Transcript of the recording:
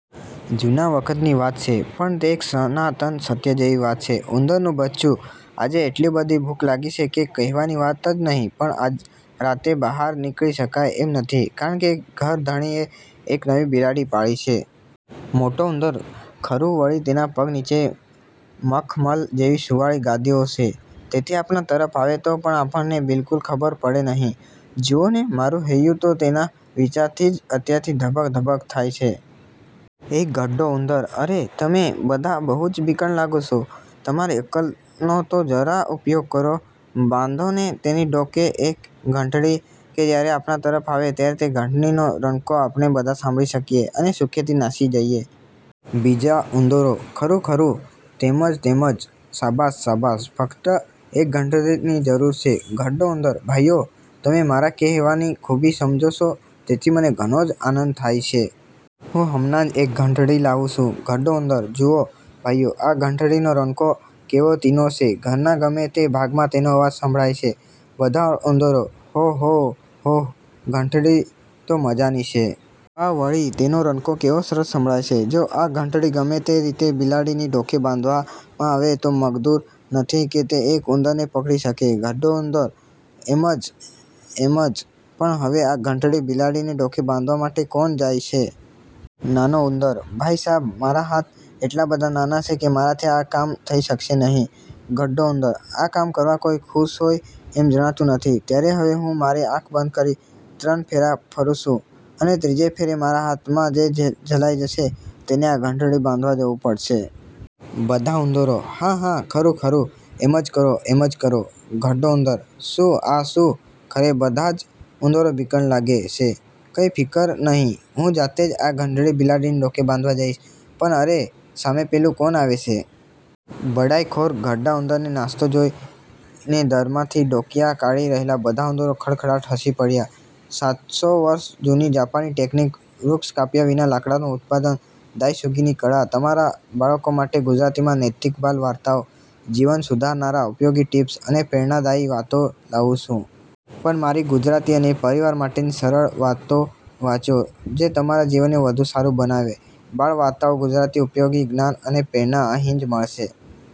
જૂના વખતની વાત છે પણ તે એક સનાતન સત્ય જેવી વાત છે. ઉંદરનું બચ્ચું – આજે એટલી બધી ભૂખ લાગી છે, કે કહેવાની વાત જ નહિ; પણ આજ રાતે બહાર નીકળી શકાય એમ નથી, કારણ કે ઘરધણીએ એક નવી બિલાડી પાળી છે. મોટો ઉંદર – ખરું; વળી તેના પગ નીચે મખમલ જેવી સુંવાળી ગાદીઓ છે, તેથી આપણા તરફ આવે તો પણ આપણને બિલકુલ ખબર પડે નહિ. જુઓને, મારું હૈયું તો તેના વિચારથી જ અત્યારથી ધબક ધબક થાય છે! એક ઘરડો ઉંદર – અરે! તમે બધા બહુ જ બીકણ લાગો છો. તમારી અક્કલનો તો જરા ઉપયોગ કરો. બાંધોને તેની ડોકે એક ઘંટડી, કે જ્યારે આપણા તરફ આવે, ત્યારે તે ઘંટડીનો રણકો આપણે બધા સાંભળી શકીએ, અને સુખેથી નાસી જઈએ! બીજા ઉંદરો – ખરું, ખરું, તેમ જ તેમ જ; શાબાશ! શાબાશ! ફક્ત એક ઘંટડીની જ જરૂર છે. ઘરડો ઉંદર – ભાઈઓ, તમે મારા કહેવાની ખૂબી સમજો છો તેથી મને ઘણો જ આનંદ થાય છે. હું હમણાં જ એક ઘંટડી લાવું છું. ઘરડો ઉંદર – જુઓ, ભાઈઓ, આ ઘંટડીનો રણકો કેવો તીણો છે! ઘરના ગમે તે ભાગમાં તેનો અવાજ સંભળાય છે. બધા ઉંદરો – હો! હો! હો! ઘંટડી તો મજાની છે. વાહ! વળી તેનો રણકો કેવો સરસ સંભળાય છે! જો આ ઘંટડી ગમે તે રીતે બિલાડીની ડોકે બાંધવામાં આવે તો મગદૂર નથી કે તે એક ઉંદરને પકડી શકે! ઘરડો ઉંદર – એમ જ, એમ જ; પણ હવે આ ઘંટડી બિલાડીની ડોકે બાંધવા માટે કોણ જાય છે? નાનો ઉંદર - ભાઈ સાબ, મારા હાથ એટલા બધા નાના છે, કે મારાથી આ કામ થઈ શકશે નહિ. ઘરડો ઉંદર - આ કામ કરવા કોઈ ખુશ હોય એમ જણાતું નથી. ત્યારે હવે હું મારી આંખ બંધ કરી ત્રણ ફેરા ફરું છસુ, અને ત્રીજે ફેરે મારા હાથમાં જે ઝલાઈ જશે તેને આ ઘંટડી બાંધવા જવું પડશે. બધા ઉંદરો – હા, હા, ખરું ખરું, એમ જ કરો; એમ જ કરો. ઘરડો ઉંદર – શું! આ શું! ખરે! બધા જ ઉંદરો બીકણ લાગે છે! કંઈ ફિકર નહિ, હું જાતે જ આ ઘંટડી બિલાડીની ડોકે બાંધવા જઈશ; પણ અરે સામે પેલું કોણ આવે છે? બડાઈખોર ઘરડા ઉંદરને નાસતો જોઈને દરમાંથી ડોકીયાં કાઢી રહેલા બધા ઉંદરો ખડખડાટ હસી પડ્યા. સાતસો વર્ષ જૂની જાપાની ટેકનિક: વૃક્ષ કાપ્યા વિના લાકડાનું ઉત્પાદન - દાયસુગીની કળા તમારા બાળકો માટે ગુજરાતીમાં નૈતિક બાલ વાર્તાઓ, જીવન સુધારનારા ઉપયોગી ટિપ્સ અને પ્રેરણાદાયી વાતો લાવું સુ. પન મારી ગુજરાતી, અને પરિવાર માટેની સરળ વાતો વાંચો, જે તમારા જીવનને વધુ સારું બનાવે. બાળ વાર્તાઓ ગુજરાતી, ઉપયોગી જ્ઞાન અને પેરના અહીં જ મળશે.